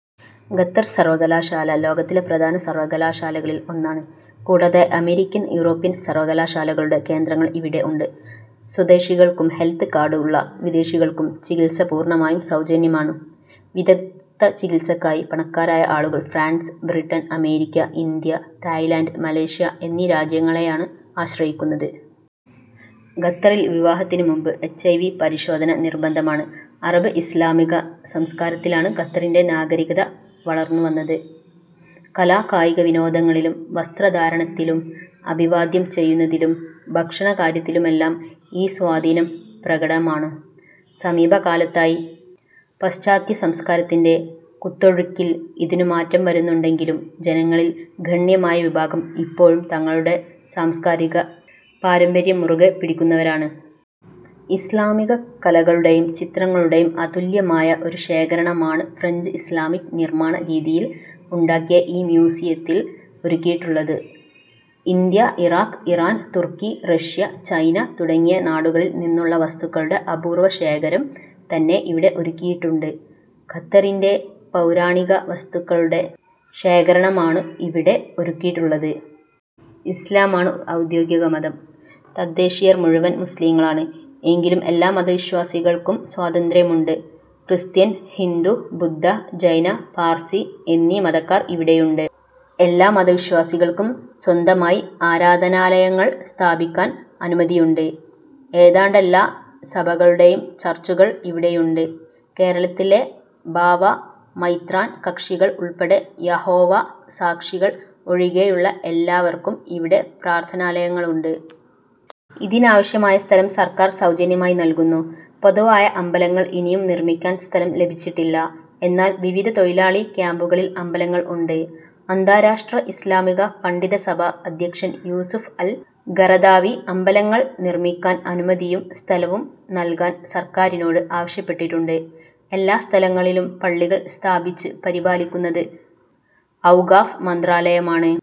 Qatar സർവ്വകലാശാല ലോകത്തിലെ പ്രധാന സർവകലാശാലകളിൽ ഒന്നാണ്. കൂടാതെ അമേരിക്കൻ, യൂറോപ്യൻ സർവകലാശാലകളുടെ കേന്ദ്രങ്ങൾ ഇവിടെ ഉണ്ട്. സ്വദേശികൾക്കും ഹെൽത്ത് കാർഡുള്ള വിദേശികൾക്കും ചികിത്സ പൂർണ്ണമായും സൗജന്യമാണ്. വിദഗ്ദ്ധ ചികിത്സക്കായി പണക്കാരായ ആളുകൾ France, Britain, America, India, Thailand, Malaysia എന്നീ രാജ്യങ്ങളെയാണു ആശ്രയിക്കുന്നത്. ഖത്തറിൽ വിവാഹത്തിനു മുമ്പു എച്. ഐ. വി. പരിശോധന നിർബന്ധമാണ്. അറബ് ഇസ്ലാമിക സംസകാരത്തിലാണു ഖത്തറിന്റെ നാഗരികത വളർന്നുവന്നത്. കലാ കായിക വിനോദങ്ങളിലും, വസ്ത്രധാരണത്തിലും, അഭിവാദ്യം ചെയ്യുന്നതിലും, ഭക്ഷണകാര്യത്തിലുമെല്ലാം ഈ സ്വാധീനം പ്രകടമാണ്. സമീപ കാലത്തായി പശ്ചാത്യ സംസകാരത്തിന്റെ കുത്തൊഴുക്കിൽ ഇതിനു മാറ്റം വരുന്നുണ്ടെങ്കിലും ജനങ്ങളിൽ ഗണ്യമായ വിഭാഗം ഇപ്പോഴും തങ്ങളുടെ സാംസ്കാരിക പാരമ്പര്യം മുറുകെ പിടിക്കുന്നവരാണ്. ഇസ്ലാമിക കലകളുടെയും, ചിത്രങ്ങളുടെയും അതുല്യമായ ഒരു ശേഖരണമാണു ഫ്രെഞ്ച് ഇസ്ലാമിക് നിർമ്മാണ രീതിയിൽ ഉണ്ടാക്കിയ ഈ മ്യൂസിയത്തിൽ ഒരുക്കിയിട്ടുള്ളതു. ഇന്ത്യ, ഇറാഖ്, ഇറാൻ, തുർക്കി, റഷ്യ, ചൈന തുടങ്ങിയ നാടുകളിൽ നിന്നുള്ള വസ്തുക്കളുടെ അപൂർവശേഖരം തന്നെ ഇവിടെ ഒരുക്കിയിട്ടുണ്ട്. ഖത്തറിന്റെ പൗരാണിക വസ്തുക്കളുടെ ശേഖരണമാണു ഇവിടെ ഒരുക്കിയിട്ടുള്ളത്. ഇസ്ലാമാണു ഔദ്യോഗിക മതം. തദ്ദേശിയർ മുഴുവൻ മുസ്ലിംകളാണ്. എങ്കിലും എല്ലാ മതവിശ്വാസികൾക്കും സ്വാതന്ത്ര്യമുണ്ട്. ക്രിസ്ത്യൻ, ഹിന്ദു, ബുദ്ധ, ജൈന, പാർസി എന്നീ മതക്കാർ ഇവിടെയുണ്ട്. എല്ലാ മത വിശ്വാസികൾക്കും സ്വന്തമായി ആരാധനാലയങ്ങൾ സ്ഥാപിക്കാൻ അനുമതിയുണ്ട്. ഏതാണ്ടെല്ലാ സഭക്കളുടെയും ചർച്ചുകൾ ഇവിടെയുണ്ട്. കേരളത്തിലെ ബാവ, മ മൈത്രാൻ കക്ഷികൾ ഉൾപ്പെടെ യഹോവ സാക്ഷികൾ ഒഴികെയുള്ള എല്ലാവർക്കും ഇവിടെ പ്രാർത്ഥനാലയങ്ങളുണ്ട്. ഇതിനാവശ്യമായ സ്ഥലം സർക്കാർ സൗജന്യമായി നൽകുന്നു. പൊതുവായ അമ്പലങ്ങൾ ഇനിയും നിർമ്മിക്കാൻ സ്ഥലം ലഭിച്ചിട്ടില്ല. എന്നാൽ വിവിധ തൊഴിലാളി ക്യമ്പുകളിൽ അമ്പലങ്ങൾ ഉണ്ട്. അന്താരാഷ്ട്രാ ഇസ്ലാമിക പണ്ഡിതസഭ അധ്യക്ഷൻ യൂസുഫ് അൽ ഖറദാവി അമ്പലങ്ങൾ നിർമ്മിക്കാൻ അനുമതിയും സ്ഥലവും നൽകാൻ സർക്കാരിനോട് ആവശ്യപ്പെട്ടിട്ടുണ്ട്. എല്ലാ സ്ഥലങ്ങളിലും പള്ളികൾ സ്ഥാപിച്ച് പരിപാലിക്കുന്നത് ഔഖാഫ് മന്ത്രാലയമാണ്.